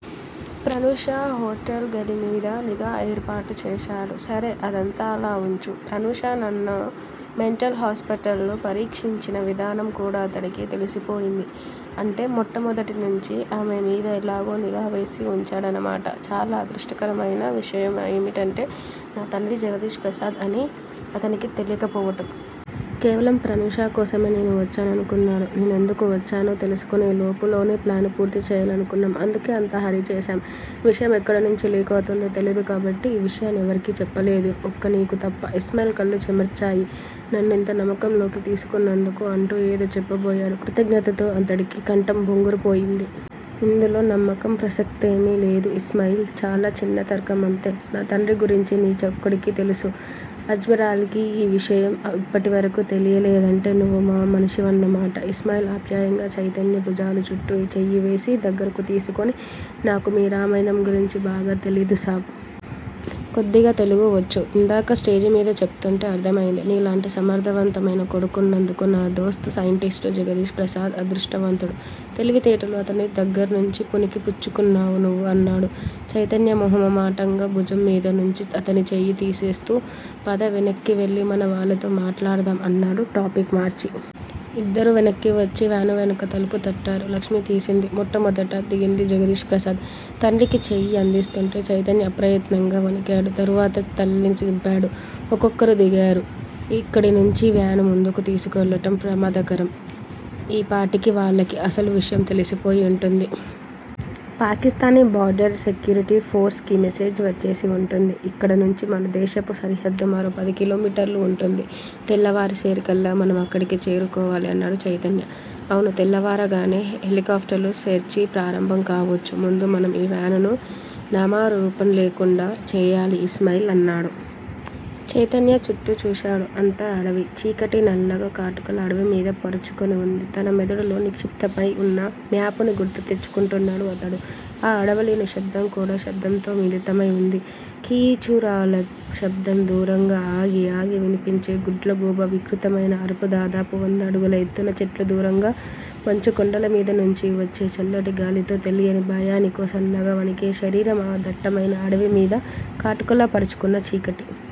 Pranusha hotel గది మీద నిఘా ఏర్పాటు చేశాడు. సరే- అదంతా అలా వుంచు. ప్రనూష నన్ను మెంటల్ హాస్పిటల్లో పరీక్షించిన విధానం కూడా అతడికి తెలిసిపోయింది. అంటే- మొట్టమొదటినుంచీ ఆమెమీద ఎలాగో నిఘావేసి వుంచాడన్నమాట. చాలా అదృష్టకరమైన విషయం ఏమిటంటే- నా తండ్రి జగదీష్ ప్రసాద్ అని అతనికి తెలియకపోవటం! కేవలం ప్రనూష కోసమే నేను వచ్చాననుకున్నాడు. నేనెందుకు వచ్చానో తెలుసుకునే లోపులోనే ప్లాను పూర్తి చేయాలనుకున్నాం. అందుకే అంతా హర్రీ చేశాం. విషయం ఎక్కడనుంచి 'లీక్' అవుతుందో తెలీదు. కాబట్టి ఈ విషయాన్ని ఎవరికీ చెప్పలేదు. ఒక్క నీకు తప్ప! ఇస్మాయిల్ కళ్ళు చెమర్చాయి. నన్ను యింత నమ్మకంలోకి తీసుకున్నందుకు- అంటూ ఏదో చెప్పబోయాడు కృతజ్ఞతతో అతడి కంఠం బొంగురుపోయింది. ఇందులో నమ్మకం ప్రసక్తేమీ లేదు ఇస్మాయిల్. చాలా చిన్న తర్కం అంతే! నా తండ్రి గురించీ నీ ఒక్కడికి తెలుసు. అజ్మరాలీకి ఈ విషయం ఇప్పటివరకూ తెలియలేదంటే- నువ్వు మా మనిషివన్నమాట. ఇస్మాయిల్ ఆప్యాయంగా చైతన్య భుజాల చుట్టూ చెయ్యి వేసి దగ్గరకు తీసుకుని- నాకు మీ రామాయణం గురించి బాగా తెలీదు సాబ్! కొద్దిగా తెలుగు వచ్చు. ఇందాక స్టేజీమీద చెపుతూంటే అర్ధమైంది. నీలాంటి సమర్ధవంతమైన కొడుకున్నందుకు నా దోస్త్ సైంటిస్టు జగదీష్ ప్రసాద్ అదృష్టవంతుడు. తెలివితేటలు అతని దగ్గిర్నుంచి పుణికి పుచ్చుకున్నావు నువ్వు అన్నాడు. చైతన్య మొహమాటంగా భుజం మీద నుంచి అతని చెయ్యి తీసేస్తూ పద వెనక్కి వెళ్ళి మన వాళ్ళతో మాట్లాడదాం అన్నాడు టాపిక్ మార్చి. ఇద్దరూ వెనక్కి వచ్చి వ్యాను వెనుక తలుపు తట్టారు. లక్ష్మి తీసింది. మొట్టమొదట దిగింది జగదీష్ ప్రసాద్! తండ్రికి చెయ్యి అందిస్తూంటే చైతన్య అప్రయత్నంగా వణికాడు. తరువాత తల్లిని దింపాడు. ఒక్కొక్కరు దిగారు. ఇక్కడినుంచి వ్యాను ముందుకు తీసుకువెళ్ళటం ప్రమాదకరం. ఈ పాటికి వాళ్ళకి అసలు విషయం తెలిసిపోయి వుంటుంది. పాకిస్తానీ బోర్డర్ సెక్యూరిటీ ఫోర్స్ కి మెసేజ్ వచ్చేసి వుంటుంది. ఇక్కడ నుంచి మనదేశపు సరిహద్దు మరో పది కిలోమీటర్లు వుంటుంది. తెల్లవారేసరికల్లా మనం అక్కడికి చేరుకోవాలి అన్నాడు చైతన్య. అవును తెల్లవారగానే హెలికాప్టర్లు సెర్చి ప్రారంభం కావొచ్చు. ముందు మనం ఈ వ్యానును నామరూపాల్లేకుండా చేయాలి ఇస్మాయిల్ అన్నాడు. చైతన్య చుట్టూ చూశాడు. అంతా అడవి! చీకటి నల్లగా, కాటుకలా అడవిమీద పరుచుకుని వుంది. తన మెదడులో నిక్షిప్తమై వున్న మ్యాపుని గుర్తు తెచ్చుకుంటున్నాడు అతడు. ఆ అడవిలో నిశ్శబ్దం కూడా శబ్దంతో మిళితమై వుంది. కీచురాళ్ళ శబ్దం దూరంగా ఆగి ఆగి వినిపించే గుడ్లగూబ వికృతమైన అరుపు దాదాపు వంద అడుగుల ఎత్తున చెట్లు- దూరంగా మంచుకొండల మీద నుంచి వచ్చే చల్లటి గాలికో, తెలియని భయానికో సన్నగా వణికే శరీరం ఆ దట్టమైన అడవిమీద కాటుకలా పరుచుకున్న చీకటి.